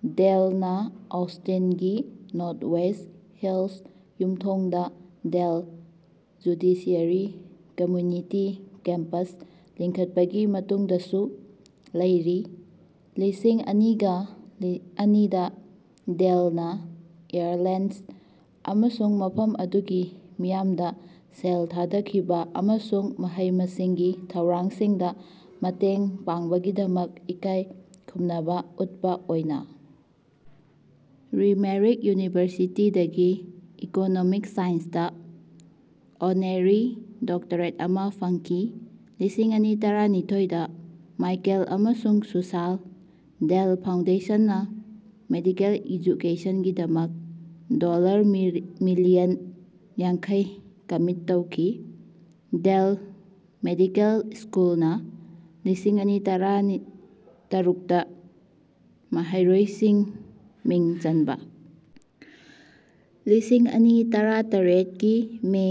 ꯗꯦꯜꯅꯥ ꯑꯣꯁꯇꯤꯟꯒꯤ Northwest Hills ꯌꯨꯝꯊꯣꯡꯗꯥ Dell judiciary community campus ꯂꯤꯡꯈꯠꯄꯒꯤ ꯃꯇꯨꯡꯗꯁꯨ ꯂꯩꯔꯤ꯫ ꯂꯤꯁꯤꯡ ꯑꯅꯤꯒ ꯑꯅꯤꯗꯥ ꯗꯦꯜꯅꯥ ꯑꯥꯌꯔꯂꯦꯟꯗ ꯑꯃꯁꯨꯡ ꯃꯐꯝ ꯑꯗꯨꯒꯤ ꯃꯤꯌꯥꯝꯗꯥ ꯁꯦꯜ ꯊꯥꯗꯈꯤꯕꯥ ꯑꯃꯁꯨꯡ ꯃꯍꯩ ꯃꯁꯤꯡꯒꯤ ꯊꯧꯔꯥꯡꯁꯤꯡꯗꯥ ꯃꯇꯦꯡ ꯄꯥꯡꯕꯒꯤꯗꯃꯛ ꯏꯀꯥꯏ ꯈꯨꯝꯅꯕꯥ ꯎꯠꯄꯥ ꯑꯣꯏꯅꯥ ꯂꯤꯃꯦꯔꯤꯛ ꯌꯨꯅꯤꯚꯔꯁꯤꯇꯤꯗꯒꯤ ꯏꯀꯣꯅꯣꯃꯤꯛ ꯁꯥꯏꯟꯁꯇꯥ ꯑꯣꯅꯔꯦꯔꯤ ꯗꯣꯛꯇꯔꯦꯠ ꯑꯃꯥ ꯐꯪꯈꯤ꯫ ꯂꯤꯁꯤꯡ ꯑꯅꯤ ꯇꯔꯥꯅꯤꯊꯣꯏꯗ ꯃꯥꯏꯀꯦꯜ ꯑꯃꯁꯨꯡ ꯁꯨꯁꯥꯟ ꯗꯦꯜ ꯐꯥꯎꯟꯗꯦꯁꯟꯅꯥ ꯃꯦꯗꯤꯀꯦꯜ ꯑꯦꯖꯨꯀꯦꯁꯟꯒꯤꯗꯃꯛ ꯗꯣꯜꯂꯔ ꯃꯤꯂꯤꯌꯟ ꯌꯥꯡꯈꯩ ꯀꯃꯤꯠ ꯇꯧꯈꯤ꯫ ꯗꯦꯜ ꯃꯦꯗꯤꯀꯦꯜ ꯁ꯭ꯀꯨꯜꯅꯥ ꯂꯤꯁꯤꯡ ꯑꯅꯤ ꯇꯔꯥ ꯇꯔꯨꯛꯇ ꯃꯍꯩꯔꯣꯏꯁꯤꯡ ꯃꯤꯡ ꯆꯟꯕꯥ ꯂꯤꯁꯤꯡ ꯑꯅꯤ ꯇꯔꯥ ꯇꯔꯦꯠ ꯀꯤ ꯃꯦ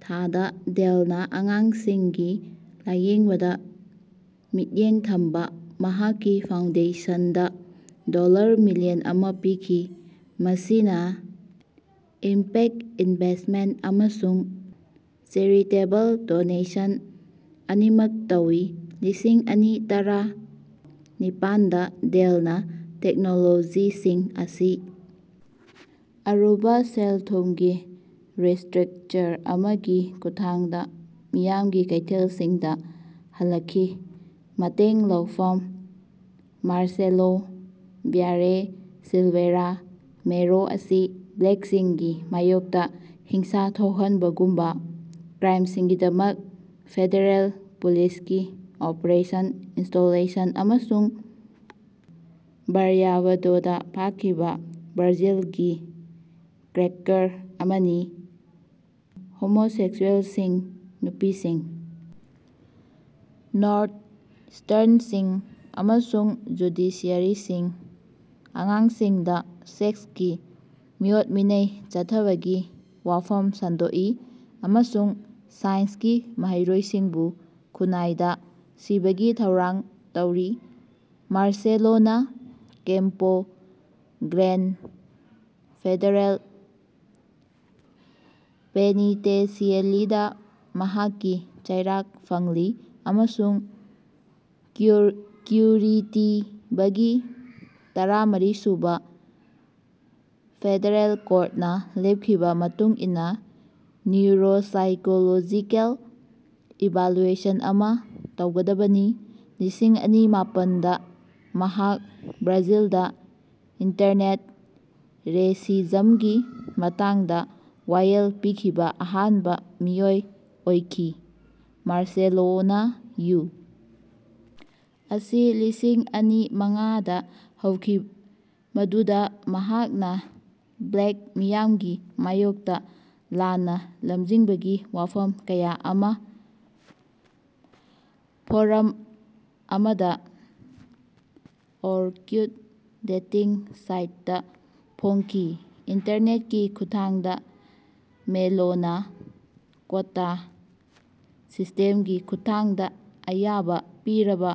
ꯊꯥꯗꯥ ꯗꯦꯜꯅꯥ ꯑꯉꯥꯡꯁꯤꯡꯒꯤ ꯂꯥꯌꯦꯡꯕꯗꯥ ꯃꯤꯠꯌꯦꯡ ꯊꯝꯕꯥ ꯃꯍꯥꯛꯀꯤ ꯐꯥꯎꯟꯗꯦꯁꯟꯗꯥ ꯗꯣꯜꯂꯔ ꯕꯤꯂꯤꯌꯟ ꯑꯃ ꯄꯤꯈꯤ; ꯃꯁꯤꯅꯥ ꯏꯝꯄꯦꯛ ꯏꯟꯚꯦꯁꯠꯃꯦꯟꯠ ꯑꯃꯁꯨꯡ ꯆꯦꯔꯤꯇꯦꯕꯜ ꯗꯣꯅꯦꯁꯟ ꯑꯅꯤꯃꯛ ꯇꯧꯏ꯫ ꯂꯤꯁꯤꯡ ꯑꯅꯤ ꯇꯔꯥ ꯅꯤꯄꯥꯟꯗꯥ ꯗꯦꯜ ꯇꯦꯛꯅꯣꯂꯣꯖꯤꯁꯤꯡ ꯑꯁꯤ ꯑꯔꯨꯕꯥ ꯁꯦꯜ ꯊꯨꯝꯒꯤ ꯔꯤꯁ꯭ꯇꯔꯛꯆꯔ ꯑꯃꯒꯤ ꯈꯨꯠꯊꯥꯡꯗꯥ ꯃꯤꯌꯥꯝꯒꯤ ꯀꯩꯊꯦꯜꯁꯤꯡꯗꯥ ꯍꯜꯂꯛꯈꯤ꯫ ꯃꯇꯦꯡ ꯂꯧꯔꯛꯐꯝ ꯃꯥꯔꯁꯦꯂꯣ ꯚ꯭ꯌꯥꯂꯦ ꯁꯤꯂꯚꯦꯔꯥ ꯃꯦꯂꯣ ꯑꯁꯤ ꯕ꯭ꯂꯦꯛꯁꯤꯡꯒꯤ ꯃꯥꯌꯣꯛꯇꯥ ꯍꯤꯡꯁꯥ ꯊꯣꯛꯍꯟꯕꯒꯨꯝꯕꯥ ꯀ꯭ꯔꯥꯏꯝꯁꯤꯡꯒꯤꯗꯃꯛ ꯐꯦꯗꯔꯦꯜ ꯄꯨꯂꯤꯁꯀꯤ ꯑꯣꯄꯔꯦꯁꯟ ꯏꯟꯇꯣꯂꯦꯔꯦꯟꯁ ꯑꯃꯁꯨꯡ ꯕ꯭ꯔꯌꯥꯚꯥꯗꯣꯗꯥ ꯐꯥꯈꯤꯕꯥ ꯕ꯭ꯔꯥꯖꯤꯜꯒꯤ ꯀ꯭ꯔꯦꯀꯔ ꯑꯃꯅꯤ ꯍꯣꯃꯣꯁꯦꯛꯁꯨꯑꯦꯜꯁꯤꯡ ꯅꯨꯄꯤꯁꯤꯡ ꯅꯣꯔꯊ ꯏꯁ꯭ꯇꯔꯟꯁꯤꯡ ꯑꯃꯁꯨꯡ ꯖꯨꯗꯤꯁꯤꯌꯔꯤꯁꯤꯡ ꯑꯉꯥꯡꯁꯤꯡꯗꯥ ꯁꯦꯛꯁꯀꯤ ꯃꯤꯑꯣꯠ ꯃꯤꯅꯩ ꯆꯠꯊꯕꯒꯤ ꯋꯥꯐꯝ ꯁꯟꯗꯣꯛꯏ ꯑꯃꯁꯨꯡ ꯁꯥꯏꯟꯁꯀꯤ ꯃꯍꯩꯔꯣꯏꯁꯤꯡꯕꯨ ꯈꯨꯅꯥꯏꯗꯥ ꯁꯤꯕꯒꯤ ꯊꯧꯔꯥꯡ ꯇꯧꯔꯤ꯫ ꯃꯥꯔꯁꯦꯂꯣꯅꯥ ꯀꯦꯝꯄꯣ ꯒ꯭ꯔꯦꯟꯗ ꯐꯦꯗꯔꯦꯜ ꯄꯦꯅꯤꯟꯇꯦꯟꯁꯤꯑꯦꯔꯤꯗꯥ ꯃꯍꯥꯛꯀꯤ ꯆꯩꯔꯥꯛ ꯐꯪꯂꯤ ꯑꯃꯁꯨꯡ ꯀ꯭ꯌꯨꯔꯤꯇꯤꯕꯥꯒꯤ ꯇꯔꯥꯃꯔꯤ ꯁꯨꯕꯥ ꯐꯦꯗꯔꯦꯜ ꯀꯣꯔꯠꯅꯥ ꯂꯦꯞꯈꯤꯕꯥ ꯃꯇꯨꯡ ꯏꯟꯅꯥ ꯅ꯭ꯌꯨꯔꯣꯁꯥꯏꯀꯣꯂꯣꯖꯤꯀꯦꯜ ꯏꯚꯥꯂꯨꯑꯦꯁꯟ ꯑꯃꯥ ꯇꯧꯒꯗꯕꯅꯤ꯫ ꯂꯤꯁꯤꯡ ꯑꯅꯤ ꯃꯥꯄꯟꯗꯥ ꯃꯍꯥꯛ ꯕ꯭ꯔꯥꯖꯤꯜꯗꯥ ꯏꯟꯇꯔꯅꯦꯠ ꯔꯦꯁꯤꯖꯝꯒꯤ ꯃꯇꯥꯡꯗꯥ ꯋꯥꯌꯦꯜ ꯄꯤꯈꯤꯕꯥ ꯑꯍꯥꯟꯕꯥ ꯃꯤꯑꯣꯏ ꯑꯣꯏꯈꯤ ꯃꯥꯔꯁꯦꯂꯣꯅꯥ ꯌꯨ. ꯑꯁꯤ ꯂꯤꯁꯤꯡ ꯑꯅꯤ ꯃꯉꯥꯗꯥ ꯍꯧꯈꯤ ꯃꯗꯨꯗꯥ ꯃꯍꯥꯛꯅꯥ ꯕ꯭ꯂꯦꯛ ꯃꯤꯌꯥꯝꯒꯤ ꯃꯥꯌꯣꯛꯇꯥ ꯂꯥꯟꯅꯥ ꯂꯝꯖꯤꯡꯕꯒꯤ ꯋꯥꯐꯝ ꯀꯌꯥ ꯑꯃꯥ ꯐꯣꯔꯝ ꯑꯃꯗꯥ ꯑꯣꯔꯀꯨꯠ ꯗꯦꯇꯤꯡ ꯁꯥꯏꯠꯇꯥ ꯐꯣꯡꯈꯤ꯫ ꯏꯟꯇꯔꯅꯦꯠꯀꯤ ꯈꯨꯠꯊꯥꯡꯗꯥ ꯃꯦꯂꯣꯅꯥ ꯀꯣꯇꯥ ꯁꯤꯁ꯭ꯇꯦꯝꯒꯤ ꯈꯨꯠꯊꯥꯡꯗꯥ ꯑꯌꯥꯕꯥ ꯄꯤꯔꯕꯥ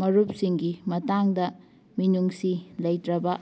ꯃꯔꯨꯞꯁꯤꯡꯒꯤ ꯃꯇꯥꯡꯗꯥ ꯃꯤꯅꯨꯡꯁꯤ ꯂꯩꯇ꯭ꯔꯕꯥ